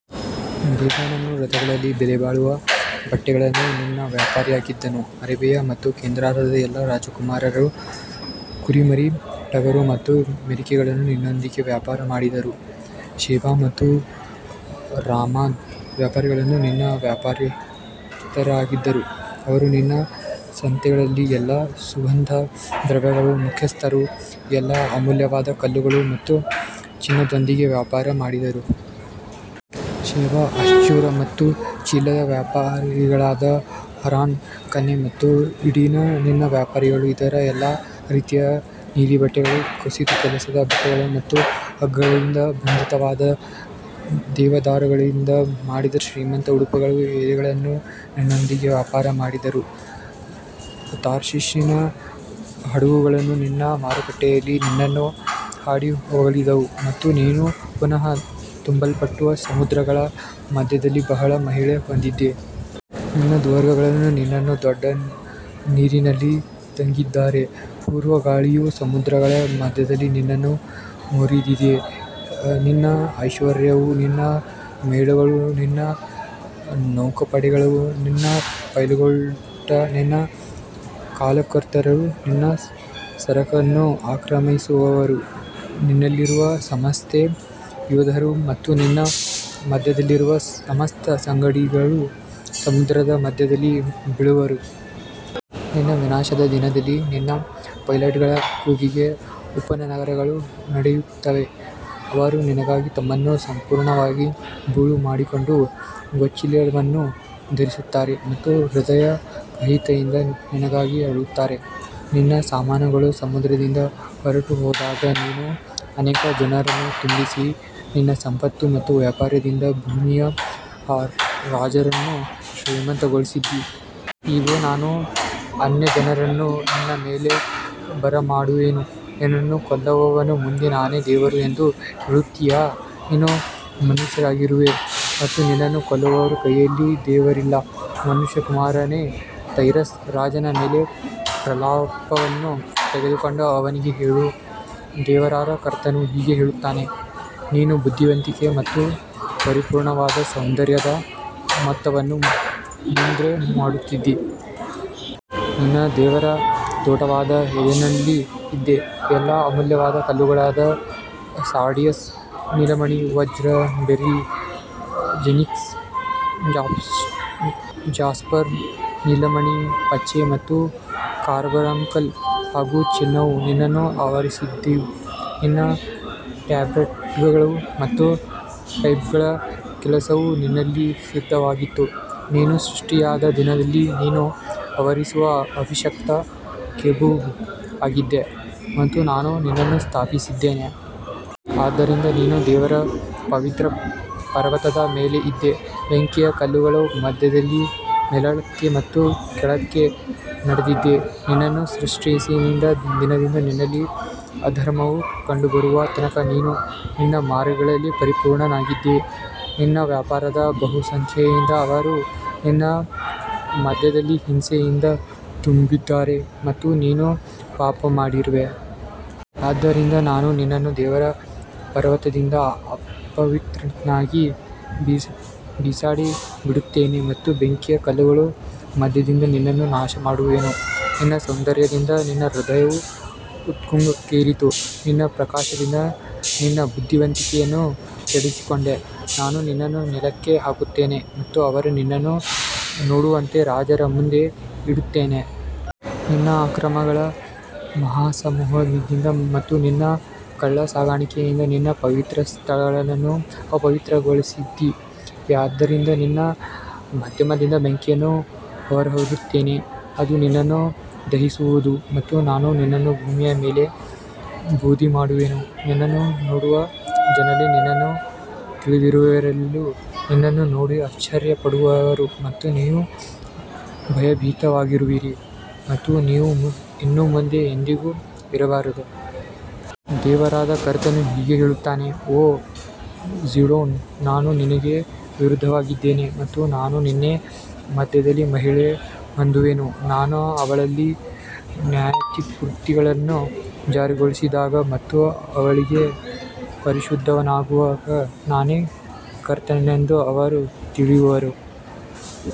ದೇದಾನನು ರಥಗಳಿಗೆ ಬೆಲೆಬಾಳುವ ಬಟ್ಟೆಗಳನ್ನು ನಿನ್ನ ವ್ಯಾಪಾರಿಯಾಗಿದ್ದನು. ಅರೇಬಿಯಾ ಮತ್ತು ಕೇದಾರದ ಎಲ್ಲಾ ರಾಜಕುಮಾರರು ಕುರಿಮರಿ, ಟಗರು ಮತ್ತು ಮೇಕೆಗಳನ್ನು ನಿನ್ನೊಂದಿಗೆ ವ್ಯಾಪಾರ ಮಾಡಿದರು. ಶೆಬಾ ಮತ್ತು ರಾಮಾದ ವ್ಯಾಪಾರಿಗಳು ನಿನ್ನ ವ್ಯಾಪಾರಸ್ಥರಾಗಿದ್ದರು, ಅವರು ನಿನ್ನ ಸಂತೆಗಳಲ್ಲಿ ಎಲ್ಲಾ ಸುಗಂಧ ದ್ರವ್ಯಗಳ ಮುಖ್ಯಸ್ಥರು, ಎಲ್ಲಾ ಅಮೂಲ್ಯವಾದ ಕಲ್ಲುಗಳು ಮತ್ತು ಚಿನ್ನದೊಂದಿಗೆ ವ್ಯಾಪಾರ ಮಾಡಿದರು. ಶೆಬಾ, ಅಶ್ಶೂರ್ ಮತ್ತು ಚಿಲ್ಮದ ವ್ಯಾಪಾರಿಗಳಾದ ಹರಾನ್, ಕನ್ನೆ ಮತ್ತು ಈಡನ್ ನಿನ್ನ ವ್ಯಾಪಾರಿಗಳು. ಇವರು ಎಲ್ಲಾ ರೀತಿಯ ನೀಲಿ ಬಟ್ಟೆಗಳು, ಕಸೂತಿ ಕೆಲಸದ ಬಟ್ಟೆಗಳು ಮತ್ತು ಹಗ್ಗಗಳಿಂದ ಬಂಧಿತವಾದ ದೇವದಾರುಗಳಿಂದ ಮಾಡಿದ ಶ್ರೀಮಂತ ಉಡುಪುಗಳ ಎದೆಗಳನ್ನು ನಿನ್ನೊಂದಿಗೆ ವ್ಯಾಪಾರ ಮಾಡಿದರು. ತಾರ್ಷೀಷಿನ ಹಡಗುಗಳು ನಿನ್ನ ಮಾರುಕಟ್ಟೆಯಲ್ಲಿ ನಿನ್ನನ್ನು ಹಾಡಿ ಹೊಗಳಿದವು ಮತ್ತು ನೀನು ಪುನಃ ತುಂಬಲ್ಪಟ್ಟು ಸಮುದ್ರಗಳ ಮಧ್ಯದಲ್ಲಿ ಬಹಳ ಮಹಿಮೆ ಹೊಂದಿದ್ದೀ. ನಿನ್ನ ರೋವರ್ಗಳು ನಿನ್ನನ್ನು ದೊಡ್ಡ ನೀರಿನಲ್ಲಿ ತಂದಿದ್ದಾರೆ, ಪೂರ್ವ ಗಾಳಿಯು ಸಮುದ್ರಗಳ ಮಧ್ಯದಲ್ಲಿ ನಿನ್ನನ್ನು ಮುರಿದಿದೆ. ನಿನ್ನ ಐಶ್ವರ್ಯವೂ, ನಿನ್ನ ಮೇಳಗಳೂ, ನಿನ್ನ ನೌಕಾಪಡೆಗಳೂ, ನಿನ್ನ ಪೈಲಟ್ಗಳೂ, ನಿನ್ನ ಕಾಲ್ಕರ್ತರೂ, ನಿನ್ನ ಸರಕನ್ನು ಆಕ್ರಮಿಸುವವರೂ, ನಿನ್ನಲ್ಲಿರುವ ಸಮಸ್ತ ಯೋಧರೂ ಮತ್ತು ನಿನ್ನ ಮಧ್ಯದಲ್ಲಿರುವ ಸಮಸ್ತ ಸಂಗಡಿಗರೂ ಸಮುದ್ರದ ಮಧ್ಯದಲ್ಲಿ ಬೀಳುವರು. ನಿನ್ನ ವಿನಾಶದ ದಿನದಲ್ಲಿ ನಿನ್ನ ಪೈಲಟ್ಗಳ ಕೂಗಿಗೆ ಉಪನಗರಗಳು ನಡುಗುತ್ತವೆ. ಅವರು ನಿನಗಾಗಿ ತಮ್ಮನ್ನು ಸಂಪೂರ್ಣವಾಗಿ ಬೋಳು ಮಾಡಿಕೊಂಡು ಗೋಣಿಚೀಲವನ್ನು ಧರಿಸುತ್ತಾರೆ ಮತ್ತು ಹೃದಯದ ಕಹಿಯಿಂದ ನಿನಗಾಗಿ ಅಳುತ್ತಾರೆ. ನಿನ್ನ ಸಾಮಾನುಗಳು ಸಮುದ್ರದಿಂದ ಹೊರಟುಹೋದಾಗ ನೀನು ಅನೇಕ ಜನರನ್ನು ತುಂಬಿಸಿ, ನಿನ್ನ ಸಂಪತ್ತು ಮತ್ತು ವ್ಯಾಪಾರದಿಂದ ಭೂಮಿಯ ರಾಜರನ್ನು ಶ್ರೀಮಂತಗೊಳಿಸಿದ್ದೀ. ಇಗೋ, ನಾನು ಅನ್ಯಜನರನ್ನು ನಿನ್ನ ಮೇಲೆ ಬರಮಾಡುವೆನು. ನಿನ್ನನ್ನು ಕೊಲ್ಲುವವನ ಮುಂದೆ ನಾನೇ ದೇವರು ಎಂದು ಹೇಳುತ್ತೀಯಾ? ನೀನು ಮನುಷ್ಯನಾಗಿರುವೆ ಮತ್ತು ನಿನ್ನನ್ನು ಕೊಲ್ಲುವವನ ಕೈಯಲ್ಲಿ ದೇವರಿಲ್ಲ. ಮನುಷ್ಯಕುಮಾರನೇ, ತೈರಸ್ ರಾಜನ ಮೇಲೆ ಪ್ರಲಾಪವನ್ನು ತೆಗೆದುಕೊಂಡು ಅವನಿಗೆ ಹೇಳು, ದೇವರಾದ ಕರ್ತನು ಹೀಗೆ ಹೇಳುತ್ತಾನೆ, ನೀನು ಬುದ್ಧಿವಂತಿಕೆಯ ಮತ್ತು ಪರಿಪೂರ್ಣವಾದ ಸೌಂದರ್ಯದ ಮೊತ್ತವನ್ನು ಮುದ್ರೆ ಮಾಡುತ್ತಿದ್ದೀ. ನೀನು ದೇವರ ತೋಟವಾದ ಏದೆನ್ನಲ್ಲಿ ಇದ್ದೆ, ಎಲ್ಲಾ ಅಮೂಲ್ಯವಾದ ಕಲ್ಲುಗಳಾದ ಸಾರ್ಡಿಯಸ್, ನೀಲಮಣಿ, ವಜ್ರ, ಬೆರಿಲ್, ಓನಿಕ್ಸ್, ಜಾಸ್ಪರ್, ನೀಲಮಣಿ, ಪಚ್ಚೆ ಮತ್ತು ಕಾರ್ಬಂಕಲ್ ಹಾಗೂ ಚಿನ್ನವು ನಿನ್ನನ್ನು ಆವರಿಸಿದ್ದವು. ನಿನ್ನ ಟ್ಯಾಬ್ರೆಟ್ಗಳು ಮತ್ತು ಪೈಪ್ಗಳ ಕೆಲಸವು ನಿನ್ನಲ್ಲಿ ಸಿದ್ಧವಾಗಿತ್ತು. ನೀನು ಸೃಷ್ಟಿಯಾದ ದಿನದಲ್ಲಿ ನೀನು ಆವರಿಸುವ ಅಭಿಷಿಕ್ತ ಕೆರೂಬ್ ಆಗಿದ್ದೆ ಮತ್ತು ನಾನು ನಿನ್ನನ್ನು ಸ್ಥಾಪಿಸಿದ್ದೇನೆ. ಆದ್ದರಿಂದ ನೀನು ದೇವರ ಪವಿತ್ರ ಪರ್ವತದ ಮೇಲೆ ಇದ್ದೆ, ಬೆಂಕಿಯ ಕಲ್ಲುಗಳ ಮಧ್ಯದಲ್ಲಿ ಮೇಲಕ್ಕೆ ಮತ್ತು ಕೆಳಕ್ಕೆ ನಡೆದಿದ್ದೆ. ನಿನ್ನನ್ನು ಸೃಷ್ಟಿಸಿದ ದಿನದಿಂದ ನಿನ್ನಲ್ಲಿ ಅಧರ್ಮವು ಕಂಡುಬರುವ ತನಕ ನೀನು ನಿನ್ನ ಮಾರ್ಗಗಳಲ್ಲಿ ಪರಿಪೂರ್ಣನಾಗಿದ್ದೆ. ನಿನ್ನ ವ್ಯಾಪಾರದ ಬಹುಸಂಖ್ಯೆಯಿಂದ ಅವರು ನಿನ್ನ ಮಧ್ಯದಲ್ಲಿ ಹಿಂಸೆಯಿಂದ ತುಂಬಿದ್ದಾರೆ ಮತ್ತು ನೀನು ಪಾಪಮಾಡಿರುವೆ. ಆದ್ದರಿಂದ ನಾನು ನಿನ್ನನ್ನು ದೇವರ ಪರ್ವತದಿಂದ ಅಪವಿತ್ರನನ್ನಾಗಿ ಬಿಸಾಡಿಬಿಡುತ್ತೇನೆ ಮತ್ತು ಬೆಂಕಿಯ ಕಲ್ಲುಗಳ ಮಧ್ಯದಿಂದ ನಿನ್ನನ್ನು ನಾಶಮಾಡುವೆನು. ನಿನ್ನ ಸೌಂದರ್ಯದಿಂದ ನಿನ್ನ ಹೃದಯವು ಉತ್ತುಂಗಕ್ಕೇರಿತು, ನಿನ್ನ ಪ್ರಕಾಶದಿಂದ ನಿನ್ನ ಬುದ್ಧಿವಂತಿಕೆಯನ್ನು ಕೆಡಿಸಿಕೊಂಡೆ. ನಾನು ನಿನ್ನನ್ನು ನೆಲಕ್ಕೆ ಹಾಕುತ್ತೇನೆ ಮತ್ತು ಅವರು ನಿನ್ನನ್ನು ನೋಡುವಂತೆ ರಾಜರ ಮುಂದೆ ಇಡುತ್ತೇನೆ. ನಿನ್ನ ಅಕ್ರಮಗಳ ಮಹಾಸಮೂಹದಿಂದ ಮತ್ತು ನಿನ್ನ ಕಳ್ಳಸಾಗಾಣಿಕೆಯಿಂದ ನಿನ್ನ ಪವಿತ್ರಸ್ಥಳಗಳನ್ನು ಅಪವಿತ್ರಗೊಳಿಸಿದ್ದೀಯಾದ್ದರಿಂದ ನಿನ್ನ ಮಧ್ಯದಿಂದ ಬೆಂಕಿಯನ್ನು ಹೊರತರುತ್ತೇನೆ, ಅದು ನಿನ್ನನ್ನು ದಹಿಸುವುದು ಮತ್ತು ನಾನು ನಿನ್ನನ್ನು ಭೂಮಿಯ ಮೇಲೆ ಬೂದಿಮಾಡುವೆನು. ನಿನ್ನನ್ನು ನೋಡುವ ಜನರಲ್ಲಿ ನಿನ್ನನ್ನು ತಿಳಿದಿರುವವರೆಲ್ಲರೂ ನಿನ್ನನ್ನು ನೋಡಿ ಆಶ್ಚರ್ಯಪಡುವರು ಮತ್ತು ನೀವು ಭಯಭೀತರಾಗುವಿರಿ ಮತ್ತು ನೀವು ಇನ್ನು ಮುಂದೆ ಎಂದಿಗೂ ಇರಬಾರದು. ದೇವರಾದ ಕರ್ತನು ಹೀಗೆ ಹೇಳುತ್ತಾನೆ, ಓ ಝೀಡೋನ್, ನಾನು ನಿನಗೆ ವಿರುದ್ಧವಾಗಿದ್ದೇನೆ ಮತ್ತು ನಾನು ನಿನ್ನ ಮಧ್ಯದಲ್ಲಿ ಮಹಿಮೆ ಹೊಂದುವೆನು. ನಾನು ಅವಳಲ್ಲಿ ನ್ಯಾಯತೀರ್ಪುಗಳನ್ನು ಜಾರಿಗೊಳಿಸಿದಾಗ ಮತ್ತು ಅವಳಲ್ಲಿ ಪರಿಶುದ್ಧನಾಗುವಾಗ ನಾನೇ ಕರ್ತನೆಂದು ಅವರು ತಿಳಿಯುವರು.